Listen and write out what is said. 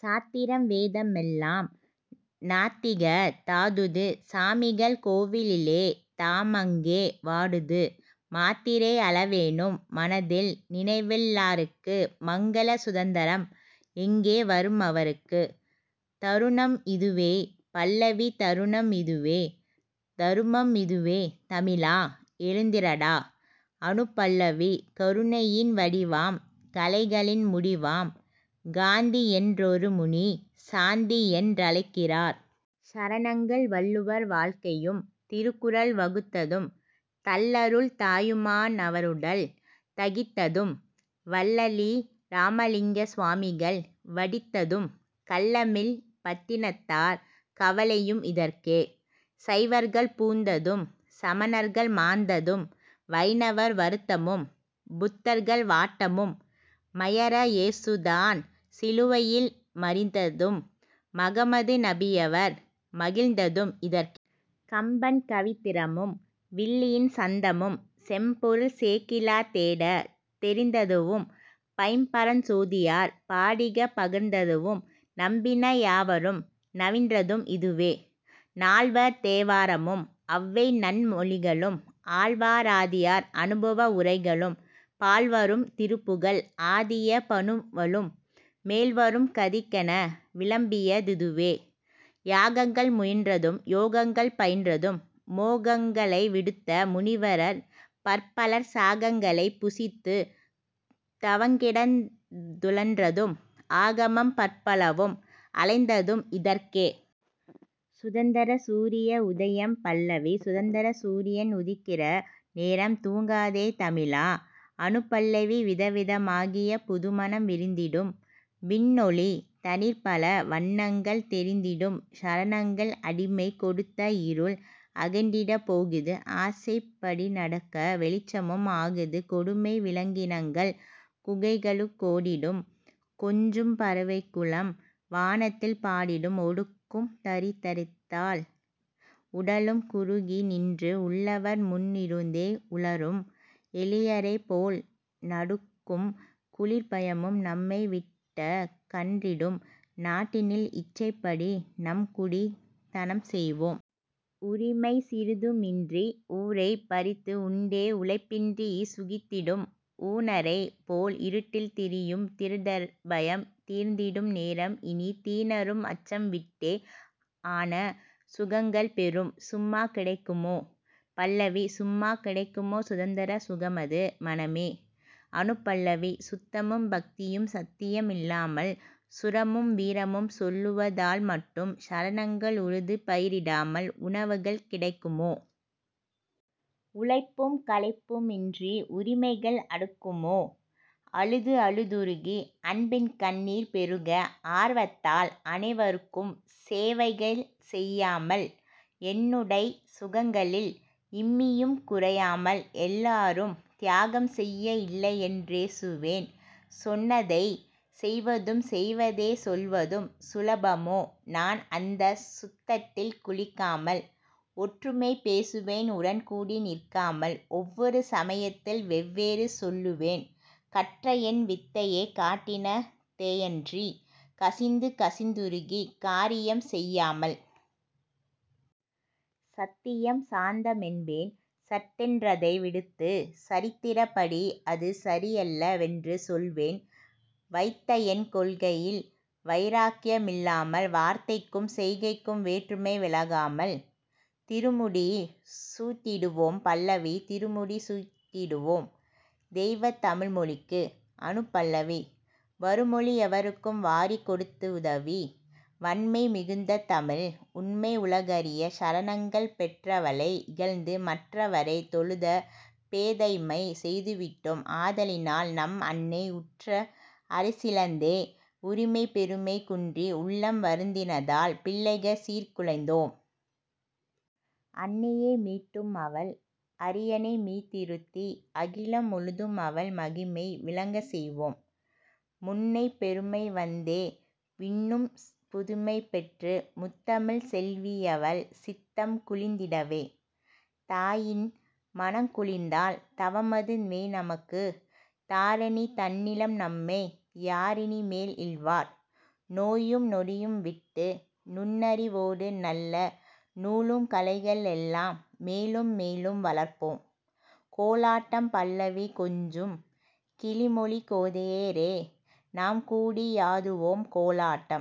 சாத்திரம் வேதமெல்லாம் நாத்திகத் தாடுது சாமிகள் கோவிலிலே தாமங்கே வாடுது மாத்திரை அளவேனும் மனதில் நினைவில்லார்க்கு மங்கள சுதந்தரம் எங்கே வருமவர்க்கு?. தருணம் இதுவே பல்லவி தருணம் இதுவே, தருமம் இதுவே, தமிழா! எழுந்திரடா. அநுபல்லவி கருணையின் வடிவாம் கலைகளின் முடிவாம் காந்தியென் றொருமுனி 'சாந்தி'யென் றழைக்கிறார். சரணங்கள் வள்ளுவர் வாழ்க்கையும் திருக்குறள் வகுத்ததும் தள்ளருள் தாயுமா னவருடல் தகித்ததும் வள்ளலி ராமலிங்க சுவாமிகள் வடித்ததும் கள்ளமில் பட்டினத்தார் கவலையும் இதற்கே. சைவர்கள் பூண்டதும் சமணர்கள் மாண்டதும் வைணவர் வருத்தமும் புத்தர்கள் வாட்டமும் மையற ஏசுதான் சிலுவையில் மரித்ததும் மஹம்மது நபியவர் மகிழ்ந்ததும் இதற்கே. கம்பன் கவித்திறமும் வில்லியின் சந்தமும் செம்பொருள் சேக்கிழார் தேடத் தெரிந்ததுவும் பைம்பரஞ் சோதியார் பாடிகப் பகர்ந்ததுவும் நம்பின யாவரும் நவின்றதும் இதுவே. நால்வர் தேவாரமும் ஔவைநன் மொழிகளும் ஆழ்வா ராதியர் அனுபவ உரைகளும் பால்வரும் திருப்புகழ் ஆதிய பனுவலும் மேல்வரும் கதிக்கென விளம்பிய திதுவே. யாகங்கள் முயன்றதும் யோகங்கள் பயின்றதும் மோகங்க ளைவிடுத்த முனிவரர் பற்பலர் சாகங்க ளைப்புசித்துத் தவங்கிடந் துழன்றதும் ஆகமம் பற்பலவும் அலைந்ததும் இதற்கே.. சுதந்தரச் சூரிய உதயம் பல்லவி சுதந்தரச் சூரியன் உதிக்கிற நேரம் தூங்காதே தமிழா! அநுபல்லவி விதம்வித மாகிய புதுமணம் விரிந்திடும் விண்ணொளி தனிற்பல வண்ணங்கள் தெரிந்திடும் சரணங்கள் அடிமை கொடுத்தஇருள் அகன்றிடப் போகுது ஆசைப்ப டிநடக்க வெளிச்சமும் ஆகுது கொடுமை விலங்கினங்கள் குகைகளுக் கோடிடும் கொஞ்சும் பறவைக்குலம் வானத்தில் பாடிடும் ஒடுக்கும் தரித்திரத்தால் உடலும் குறுகிநின்று உள்ளவர் முன்னிருந்தே உளறும் எளியரைப்போல் நடுக்கும் குளிர்ப்பயமும் நம்மைவிட்டகன்றிடும் நாட்டினில் இச்சைப்படி நம்குடித் தனம்செய்வோம். உரிமை சிறிதுமின்றி ஊரைப்ப றித்துஉண்டே உழைப்பின்றிச் சுகித்திடும் ஊனரைப் போல்இருட்டில் திரியும் திருடர்பயம் தீர்ந்திடும் நேரம்இனித் தீனரும் அச்சம்விட்டே ஆன சுகங்கள்பெறும்.. சும்மா கிடைக்குமோ? பல்லவி சும்மா கிடைக்குமோ சுதந்தர சுகமது--மனமே! அநுபல்லவி சுத்தமும் பக்தியும் சத்தியம் இல்லாமல் சூரமும் வீரமும் சொல்லுவ தால்மட்டும் சரணங்கள் உழுது பயிரிடாமல் உணவுகள் கிடைக்குமோ? உழைப்பும் களைப்புமின்றி உரிமைகள் அடுக்குமோ? அழுது அழுதுருகி அன்பின்கண் ணீர்பெருக ஆர்வத்தால் அனைவர்க்கும் சேவைகள் செய்யாமல். என்னுடைச் சுகங்களில் இம்மியும் குறையாமல் எல்லாரும் தியாகம்செய்ய இல்லையென் றேசுவேன் 'சொன்னதைச் செய்வதும் செய்வதே சொல்வதும்' சுலபமோ நான் அந்தச் சுத்தத்தில் குளிக்காமல். ஒற்றுமை பேசுவேன் உடன்கூடி நிற்காமல் ஒவ்வொரு சமயத்தில் வெவ்வேறு சொல்லுவேன் கற்றஎன் வித்தையை காட்டின தேயன்றிக் கசிந்து கசிந்துருகிக் காரியம் செய்யாமல். சத்தியம் சாந்தமென்பேன் சட்டென்றதைவிடுத்துச் சரித்திரப் படிஅது சரியல்ல வென்றுசொல்வேன் வைத்தஎன் கொள்கையில் வைராக்ய மில்லாமல் வார்த்தைக்கும் செய்கைக்கும் வேற்றுமை விலகாமல். திருமுடி சூட்டிடுவோம் பல்லவி திருமுடி சூட்டிடுவோம்--தெய்வத் தழிழ்மொழிக்கு! அநுபல்லவி வருமொழி எவருக்கும் வாரிக் கொடுத்துதவி வண்மை மிகுந்ததமிழ் உண்மை உலகறிய சரணங்கள் பெற்றவ ளைஇகழ்ந்து மற்றவ ரைத்தொழுத பேதைமை செய்துவிட்டோம் ஆதலினால் நம்அன்னை உற்ற அரசிழந்தே உரிமை பெருமை குன்றி உள்ளம் வருந்தினதால் பிள்ளைகள் சீர்குலைந்தோம்! அன்னையை மீட்டும்அவள் அரியணை மீதிருத்தி அகிலம் முழுதும்அவள் மகிமை விளங்கச்செய்வோம்! முன்னைப் பெருமைவந்தே இன்னும் புதுமைபெற்று முத்தமிழ்ச் செல்வியவள் சித்தம் குளிர்ந்திடவே! தாயின் மனம்குளிர்ந்தால் தவம்அது வேநமக்கு தாரணி தன்னில்நம்மை யாரினி மேல்இழ்வார்? நோயும் நொடியும்விட்டு நுண்ணறி வோடுநல்ல நூலும் கலைகளெல்லாம் மேலும்மேலும் வளர்ப்போம்.. கோலாட்டாம் பல்லவி கொஞ்சும் கிளிமொழிக் கோதைய ரேநாம் கூடி யாடுவோம் கோலாட்டம்.